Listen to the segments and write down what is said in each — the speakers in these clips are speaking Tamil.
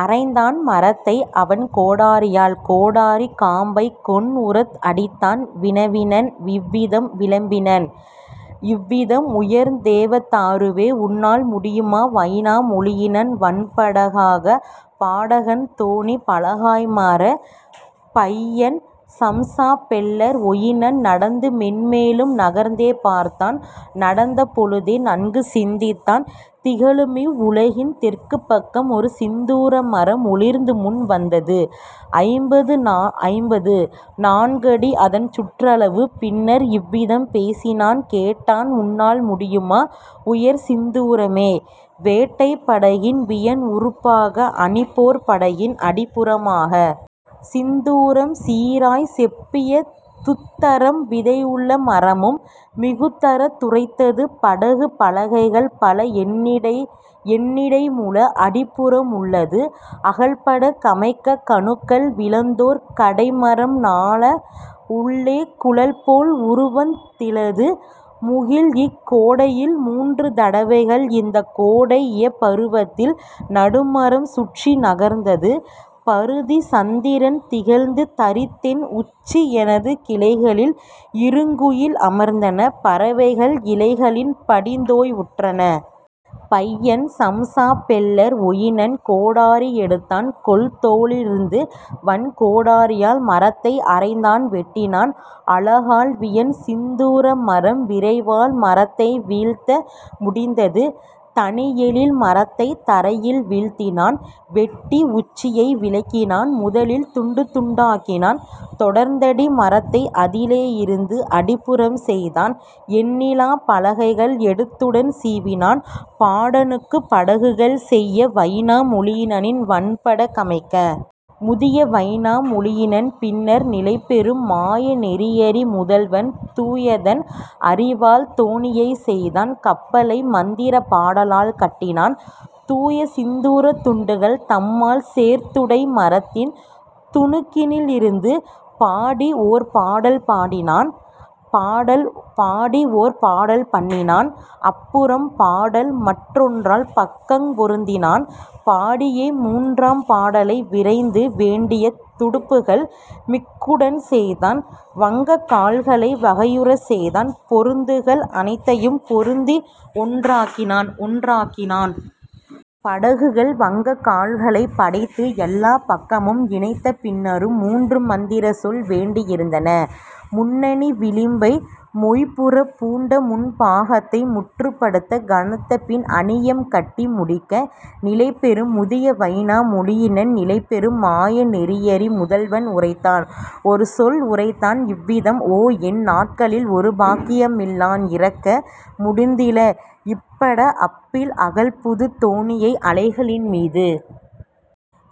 அறைந்தான் மரத்தை அவன்கோடரியால் கோடரிக் காம்பைக் கொண்உரத் அடித்தான் வினவினன் இவ்விதம் விளம்பினன் இவ்விதம் உயர்தேவ தாருவே உன்னால் முடியுமா வைனா மொயினன் வன்பட காக பாடகன் தோணிப் பலகையாய் மாற? பையன் சம்ஸா பெல்லர் வொயினன் நடந்துமென் மேலும் நகர்ந்தே பார்த்தான் நடந்த பொழுதே நன்குசிந்தித்தான் திகழுமிவ் உலகின் தெற்குப் பக்கம் ஒருசிந்துரமரம் ஒளிர்ந்துமுன் வந்தது ஐம்பத்து நான்கடி அதன்சுற்றளவு பின்னர் இவ்விதம் பேசினான் கேட்டான் உன்னால் முடியுமா உயர்சிந்தூரமே வேட்டைப் படகின் வியன்உறுப்பாக அணிபோர்ப் படகின் அடிப்புறமாக? சிந்துரம் சீராய்ச் செப்பிய துத்தரம் விதையுள மரமும் மிகுதரத் துரைத்தது படகுப் பலகைகள் பலஎன்னிடைமுள அடிப்புற முள்ளது அகல்பட கமைக்க கணுக்கள் விழுந்ததோர் கடைமரம் நானல உள்ளே குழல்போல் உருவந் திலது முகிழ்இக் கோடையில் மூன்று தடவைகள் இந்தக் கோடை இயைபருவத்தில் நடுமரம் சுற்றி நகர்ந்தது பருதி சந்திரன் திகழ்ந்து தரித்ததென் உச்சி எனது கிளைகளில் இருங்குயில் அமர்ந்தன பறவைகள் இலைகளில் படிந்தோய்வுற்றன. பையன் சம்ஸா பெல்லர் வொயினன் கோடரி எடுத்தான் கொள்தோளிருந்து வன்கோடரியால் மரத்தை அறைந்தான் வெட்டினான் அலகால் வியன்சிந்துரமரம் விரைவாய் மரத்தை வீழ்த்த முடிந்தது தனியெழில் மரத்தைத் தரையில் வீழ்த்தினான். வெட்டி உச்சியை விலக்கினான் முதலில் துண்டுதுண்டாக்கினான் தொடர்ந்தடி மரத்தை அதிலே யிருந்து அடிப்புறம் செய்தான் எண்ணிலாப் பலகைகள் எடுத்துடன் சீவினான் பாடகனுக்குப் படகுகள் செய்ய வைனா மொயினனின் வன்பட கமைக்க. முதிய வைனா மொயினன் பின்னர் நிலைபெறும் மாய நெறியறி முதல்வன் தூயதன் அறிவால் தோணியைச் செய்தான் கப்பலை மந்திரப் பாடலால் கட்டினான் தூயசிந்துரத் துண்டுகள் தம்மால் சோர்ந்துடை மரத்தின் துணுக்கினிலிருந்து. பாடிஓர் பாடல் பண்ணினான் அடிப்புறம் பாடல்மற் றொன்றால் பக்கங் பொருத்தினான் பாடியே மூன்றாம் பாடலை விரைந்து வேண்டிய துடுப்புகள் மிடுக்குடன் செய்தான் வங்கக் கால்களை வகையுறச் செய்தான் பொருத்துகள் அனைத்தையும் பொருத்தியொன்றாக்கினான். படகுக்கு வங்கக் கால்களைப் படைத்து எல்லாப் பக்கமும் இணைத்த பின்னரும் மூன்றுமந்திரச்சொல் வேண்டியிருந்தன முன்னணி விளிம்பை மொய்ம்புறப் பூட்ட முன்பாகத்தை முற்றுப்படுத்த கனத்தபின் அணியம் கட்டி முடிக்க. நிலைபெறும் முதிய வைனா மொயினன் நிலைபெறும் மாய நெறியறி முதல்வன் உரைத்தான் ஒருசொல் உரைத்தான் இவ்விதம் ஓ என் நாட்களில் ஒருபாக்கியமிலான் இறக்க முடிந்தில இப்பட அப்பில் அகல்புதுத் தோணியை அலைகளின் மீது.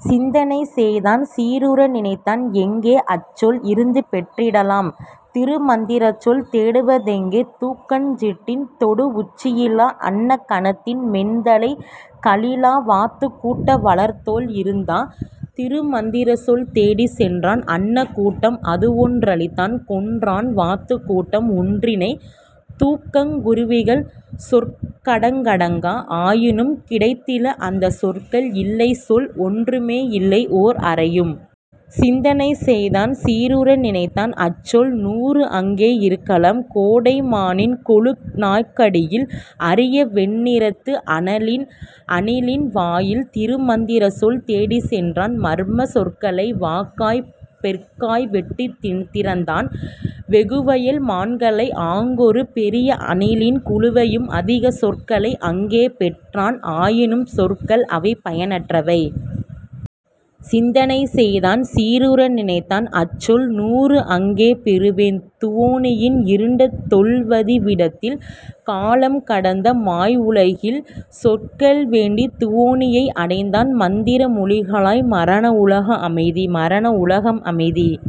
சிந்தனை செய்தான் சீருற நினைத்தான் எங்கே அச்சொல் இருந்துபெற்றிடலாம் திருமந்திரச்சொல் தேடுவதெங்கே தூக்கணஞ் சிட்டின் தொடுஉச்சியிலா அன்னக் கணத்தின் மென்தலை களிலா வாத்துக் கூட்ட வளர்தோள் இருந்தா? திருமந்திரச்சொல் தேடிச் சென்றான் அன்னக் கூட்டம் அதுவொன்றழித்தான் கொன்றான் வாத்துக் கூட்டம் ஒன்றினை தூக்கணங் குருவிகள் சொற்கணக்கடங்கா ஆயினும் கிடைத்தில அந்தச் சொற்கள் இல்லைசொல் ஒன்றுமே இல்லைஓர் அரையும். சிந்தனை செய்தான் சீருற நினைத்தான் அச்சொல் நூறு அங்கே இருக்கலாம் கோடை மானின் கொழுநாக்கடியில் அரியவெண்ணிறத்து அணிலின் வாயில். திருமந்திரச்சொல் தேடிச் சென்றான் மர்மச் சொற்களை வாகாய்ப் பெறற்காய் வெட்டித் திறந்தான் வெகுவயல் மான்களை ஆங்கொரு பெரிய அணிலின் குழுவையும் அதிக சொற்களை அங்கே பெற்றான் ஆயினும் சொற்கள் அவைபயனற்றவை. சிந்தனை செய்தான் சீருற நினைத்தான் அச்சொல் நூறு அங்கே பெறுவேன் துவோனியின் இருண்ட தொல்வதி விடத்தில் காலம்கடந்த மாய்வுலகில்லில். சொற்கள் வேண்டித் துவோனியை அடைந்தான் மந்திர மொழிக்காய் மரண உலகம் அமைதி